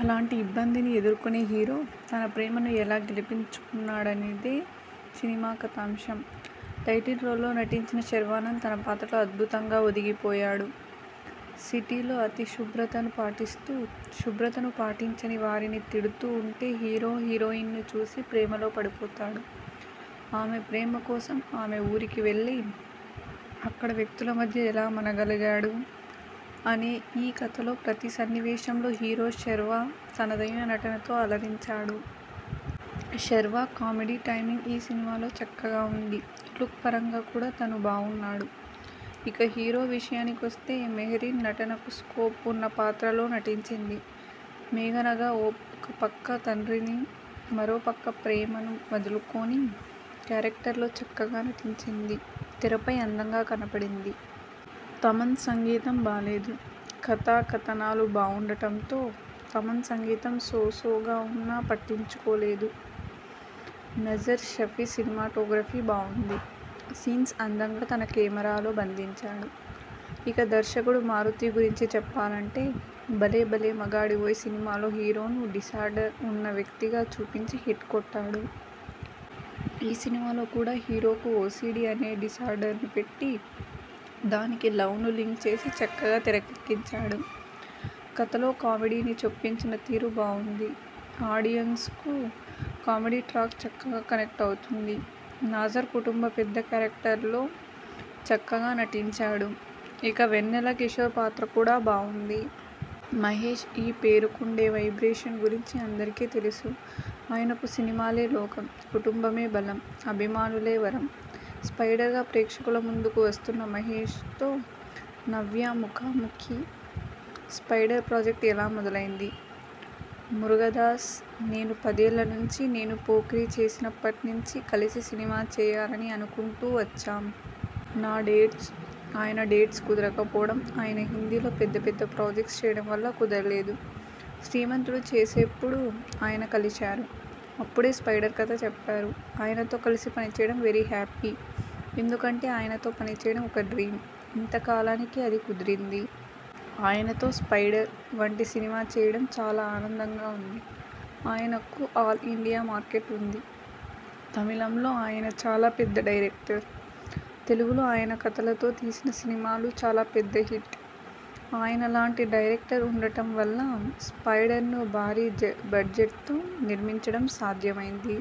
అలాంటి ఇబ్బందిని ఎదుర్కొనే హీరో, తన ప్రేమను ఎలా గెలిపించుకున్నాడనేదే సినిమా కథాంశం. టైటిల్ రోల్లో నటించిన శర్వానంద్ తన పాత్రలో అద్భుతంగా ఒదిగిపోయాడు. సిటీలో అతి శుభ్రతను పాటిస్తూ, శుభ్రతను పాటించని వారిని తిడుతూ ఉంటే హీరో, హీరోయిన్ను చూసి ప్రేమలో పడతాడు. ఆమె ప్రేమ కోసం ఆమె ఊరికి వెళ్లి, అక్కడ వ్యక్తుల మధ్య ఎలా మనగలిగాడు అనే ఈ కథలో ప్రతి సన్నివేశంలో హీరో శర్వా తనదైన నటనతో అలరించాడు. శర్వా కామెడీ టైమింగ్ ఈ సినిమాలో చక్కగా ఉంది. లుక్ పరంగా కూడా తను బావున్నాడు. ఇక హీరోయిన్ విషయానికొస్తే మెహరీన్ నటనకు స్కోప్ ఉన్న పాత్రలో నటించింది. మేఘనగా ఒక పక్క తండ్రిని, మరో పక్క ప్రేమను వదులుకోని క్యారెక్టర్లో చక్కగా నటించింది. తెరపై అందంగా కనపడింది. తమన్ సంగీతం బాలేదు. కథ, కథనాలు బావుండటంతో తమన్ సంగీతం సో సోగా ఉన్నా, పట్టించుకోలేదు. నజర్ షఫీ సినిమాటోగ్రఫీ బావుంది. సీన్స్ను అందంగా తన కెమరాలో బంధించాడు. ఇక దర్శకుడు మారుతి గురించి చెప్పాలంటే భలే భలే మగాడివోయ్ సినిమాలో హీరోను డిసార్డర్ ఉన్న వ్యక్తిగా చూపించి హిట్ కొట్టాడు. ఈసినిమాలో కూడా హీరోకు ఓసీడీ అనే డిసార్డర్ను పెట్టి, దానికి లవ్ను లింక్ చేసి చక్కగా తెరకెక్కించాడు. కథలోకామెడీని చొప్పించిన తీరు బావుంది. ఆడియెన్స్కు కామెడీ ట్రాక్ చక్కగా కనెక్ట్ అవుతుంది. నాజర్ కుటుంబ పెద్ద క్యారెక్టర్లో చక్కగా నటించాడు. ఇక వెన్నెలకిషోర్ పాత్ర కూడా బావుంది. మహేశ్ ఈ పేరుకుండే వైబ్రేషన్స్ గురించి అందరికీ తెలుసు. ఆయనకు సినిమాలే లోకం. కుటుంబమే బలం. అభిమానులే వరం. 'స్పైడర్' గా ప్రేక్షకుల ముందుకు వస్తున్న మహేశ్తో 'నవ్య' ముఖాముఖి. 'స్పైడర్' ప్రాజెక్ట్ ఎలా మొదలైంది? మురుగదాస్, నేను పదేళ్ల నుంచీ నేను 'పోకిరి' చేసినప్పట్నించీ కలిసి సినిమా చేయాలని అనుకుంటూ వచ్చాం. నా డేట్స్, ఆయన డేట్స్ కుదరకపోవడం, ఆయన హిందీలో పెద్ద పెద్ద ప్రాజెక్ట్స్ చేయడం వల్ల కుదరలేదు. 'శ్రీమంతుడు' చేసేప్పుడు ఆయన కలిశారు. అప్పుడే 'స్పైడర్' కథ చెప్పారు. ఆయనతో కలిసి పనిచేయడం వెరీ హ్యాపీ. ఎందుకంటే ఆయనతో పనిచేయడం ఒక డ్రీమ్. ఇంత కాలానికి అది కుదిరింది. ఆయనతో 'స్పైడర్' వంటి సినిమా చేయడం చాలా ఆనందంగా ఉంది. ఆయనకు ఆల్ ఇండియా మార్కెట్ ఉంది. తమిళంలో ఆయన చాలా పెద్ద డైరెక్టర్. తెలుగులో ఆయన కథలతో తీసిన సినిమాలు చాలా పెద్ద హిట్. ఆయన లాంటి డైరెక్టర్ ఉండటం వల్ల 'స్పైడర్'ను భారీ బడ్జెట్తో నిర్మించడం సాధ్యమైంది.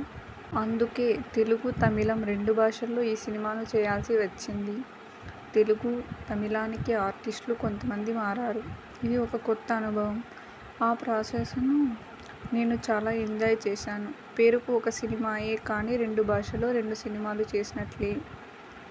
అందుకే తెలుగు, తమిళం రెండు భాషల్లో ఈ సినిమాను చేయాల్సి వచ్చింది. తెలుగు, తమిళానికి ఆర్టిస్టులు కొంత మంది మారారు. ఇది ఒక కొత్త అనుభవం. ఆ ప్రాసె్సను నేను చాలా ఎంజాయ్ చేశాను. పేరుకు ఒక సినిమాయే కానీ రెండు భాషల్లో రెండు సినిమాలు చేసినట్లే!